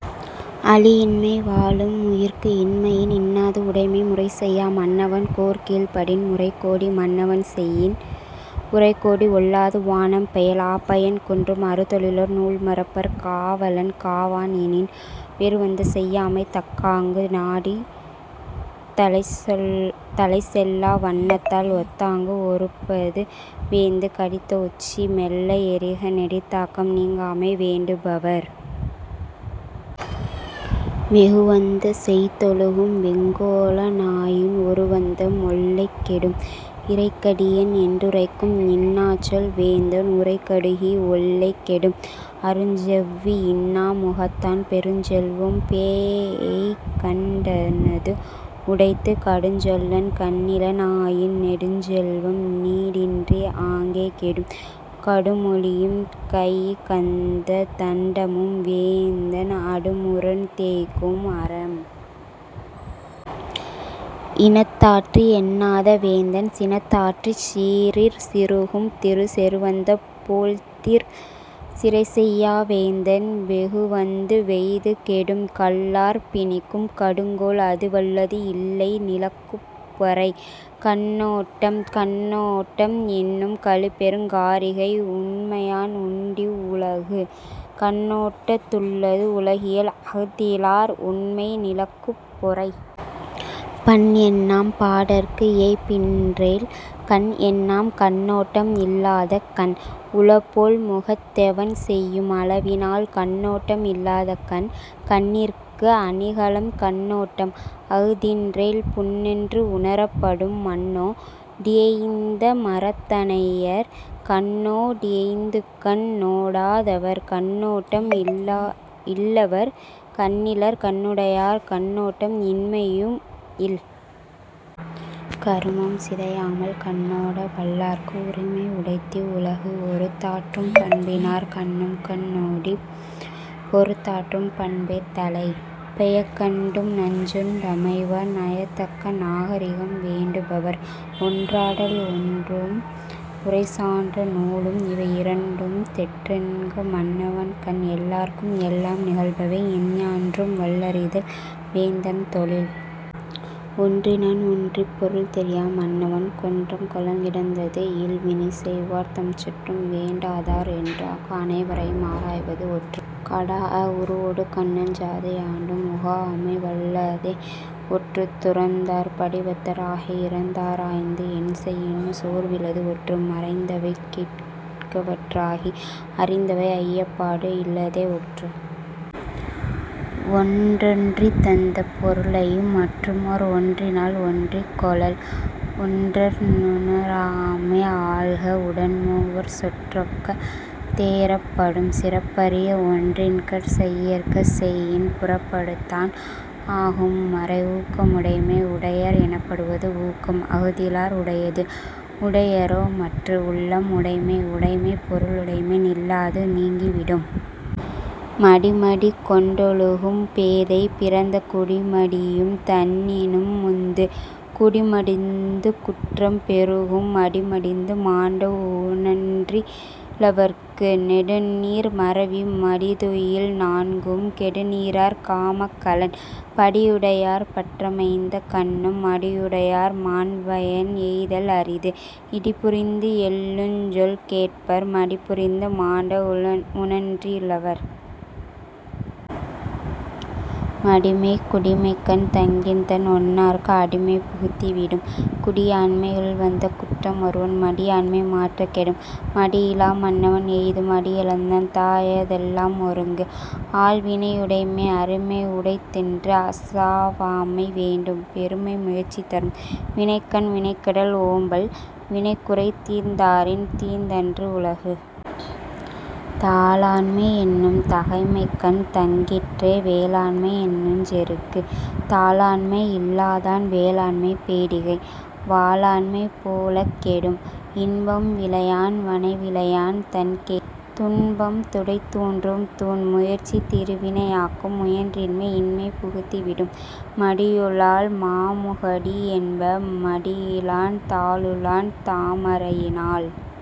அளியின்மை வாழும் உயிர்க்கு. இன்மையின் இன்னாது உடைமை முறைசெய்யா மன்னவன் கோற்கீழ்ப் படின். முறைகோடி மன்னவன் செய்யின் உறைகோடி ஒல்லாது வானம் பெயல். ஆபயன் குன்றும் அறுதொழிலோர் நூல்மறப்பர் காவலன் காவான் எனின். வெருவந்தசெய்யாமை தக்காங்கு நாடித் தலைச்செல்லா வண்ணத்தால் ஒத்தாங்கு ஒறுப்பது வேந்து. கடிதோச்சி மெல்ல எறிக நெடிதாக்கம் நீங்காமை வேண்டு பவர். வெருவந்த செய்தொழுகும் வெங்கோல னாயின் ஒருவந்தம் ஒல்லைக் கெடும். இறைகடியன் என்றுரைக்கும் இன்னாச்சொல் வேந்தன் உறைகடுகி ஒல்லைக் கெடும். அருஞ்செவ்வி இன்னா முகத்தான் பெருஞ்செல்வம் பேஎய்கண் டன்னது உடைத்து. கடுஞ்சொல்லன் கண்ணிலன் ஆயின் நெடுஞ்செல்வம் நீடின்றி ஆங்கே கெடும். கடுமொழியும் கையிகந்த தண்டமும் வேந்தன் அடுமுரண் தேய்க்கும் அரம். இனத்தாற்றி எண்ணாத வேந்தன் சினத்தாற்றிச் சீறிற் சிறுகும் திரு. செருவந்த போழ்திற் சிறைசெய்யா வேந்தன் வெருவந்து வெய்து கெடும். கல்லார்ப் பிணிக்கும் கடுங்கோல் அதுவல்லது இல்லை நிலக்குப் பொறை. கண்ணோட் டம் கண்ணோட்டம் என்னும் கழிபெருங் காரிகை உண்மையான் உண்டிவ் வுலகு. கண்ணோட்டத் துள்ளது உலகியல் அஃதிலார் உண்மை நிலக்குப் பொறை. பண்என்னாம் பாடற்கு இயைபின்றேல் கண்என்னாம் கண்ணோட்டம் இல்லாத கண். உளபோல் முகத்தெவன் செய்யும் அளவினால் கண்ணோட்டம் இல்லாத கண். கண்ணிற்கு அணிகலம் கண்ணோட்டம் அஃதின்றேல் புண்ணென்று உணரப் படும் மண்ணோ டியைந்த மரத்தனையர் கண்ணோ டியைந்துகண் ணோடா தவர். கண்ணோட் டம் இல்லவர் கண்ணிலர் கண்ணுடையார் கண்ணோட்டம் இன்மையும் இல். கருமம் சிதையாமல் கண்ணோட வல்லார்க்கு உரிமை உடைத்திவ் வுலகு. ஒறுத்தாற்றும் பண்பினார் கண்ணும்கண் ணோடிப் பொறுத்தாற்றும் பண்பே தலை. பெயக்கண்டும் நஞ்சுண் டமைவர் நயத்தக்க நாகரிகம் வேண்டு பவர். ஒற்றாடல் ஒற்றும் உரைசான்ற நூலும் இவையிரண்டும் தெற்றென்க மன்னவன் கண். எல்லார்க்கும் எல்லாம் நிகழ்பவை எஞ்ஞான்றும் வல்லறிதல் வேந்தன் தொழில். ஒற்றினான் ஒற்றிப் பொருள்தெரியா மன்னவன் கொற்றங் கொளக்கிடந்தது இல். வினைசெய்வார் தம்சுற்றம் வேண்டாதார் என்றாங்கு அனைவரையும் ஆராய்வது ஒற்று. கடாஅ உருவொடு கண்ணஞ்சாது யாண்டும் உகாஅமை வல்லதே ஒற்று. துறந்தார் படிவத்த ராகி இறந்தாராய்ந்து என்செயினும் சோர்விலது ஒற்று. மறைந்தவை கேட்கவற் றாகி அறிந்தவை ஐயப்பாடு இல்லதே ஒற்று. ஒற்றொற்றித் தந்த பொருளையும் மற்றுமோர் ஒற்றினால் ஒற்றிக் கொளல். ஒற்றெற் றுணராமை ஆள்க உடன்மூவர் சொற்றொக்க தேறப் படும். சிறப்பறிய ஒற்றின்கண் செய்யற்க செய்யின் புறப்படுத்தான் ஆகும் மறை. ஊக்கமுடைமை உடையர் எனப்படுவது ஊக்கம் அஃ தில்லார் உடையது உடையரோ மற்று. உள்ளம் உடைமை உடைமை பொருளுடைமை நில்லாது நீங்கி விடும். மடிமடிக் கொண்டொழுகும் பேதை பிறந்த குடிமடியும் தன்னினும் முந்து. குடிமடிந்து குற்றம் பெருகும் மடிமடிந்து மாண்ட உஞற்றி லவர்க்கு. நெடுநீர் மறவி மடிதுயில் நான்கும் கெடுநீரார் காமக் கலன். படியுடையார் பற்றமைந்தக் கண்ணும் மடியுடையார் மாண்பயன் எய்தல் அரிது. இடிபுரிந்து எள்ளுஞ் சொல் கேட்பர் மடிபுரிந்து மாண்ட உஞற்றி லவர். மடிமை குடிமைக்கண் தங்கின்தன் ஒன்னார்க்கு அடிமை புகுத்தி விடும். குடியாண்மை யுள்வந்த குற்றம் ஒருவன் மடியாண்மை மாற்றக் கெடும். மடியிலா மன்னவன் எய்தும் அடியளந்தான் தாஅய தெல்லாம் ஒருங்கு. ஆள்வினையுடைமை அருமை உடைத்தென்று அசாவாமை வேண்டும் பெருமை முயற்சி தரும். வினைக்கண் வினைகெடல் ஓம்பல் வினைக்குறை தீர்ந்தாரின் தீர்ந்தன்று உலகு. தாளாண்மை என்னும் தகைமைக்கண் தங்கிற்றே வேளாண்மை என்னுஞ் செருக்கு. தாளாண்மை இல்லாதான் வேளாண்மை பேடிகை வாளாண்மை போலக் கெடும். இன்பம் விழையான் வனைவிழைவான் தன்கேளிர் துன்பம் துடைத்தூன்றும் தூண். முயற்சி திருவினை ஆக்கும் முயற்றின்மை இன்மை புகுத்தி விடும். மடியுளாள் மாமுகடி என்ப மடியிலான் தாளுளான் தாமரையி னாள்.।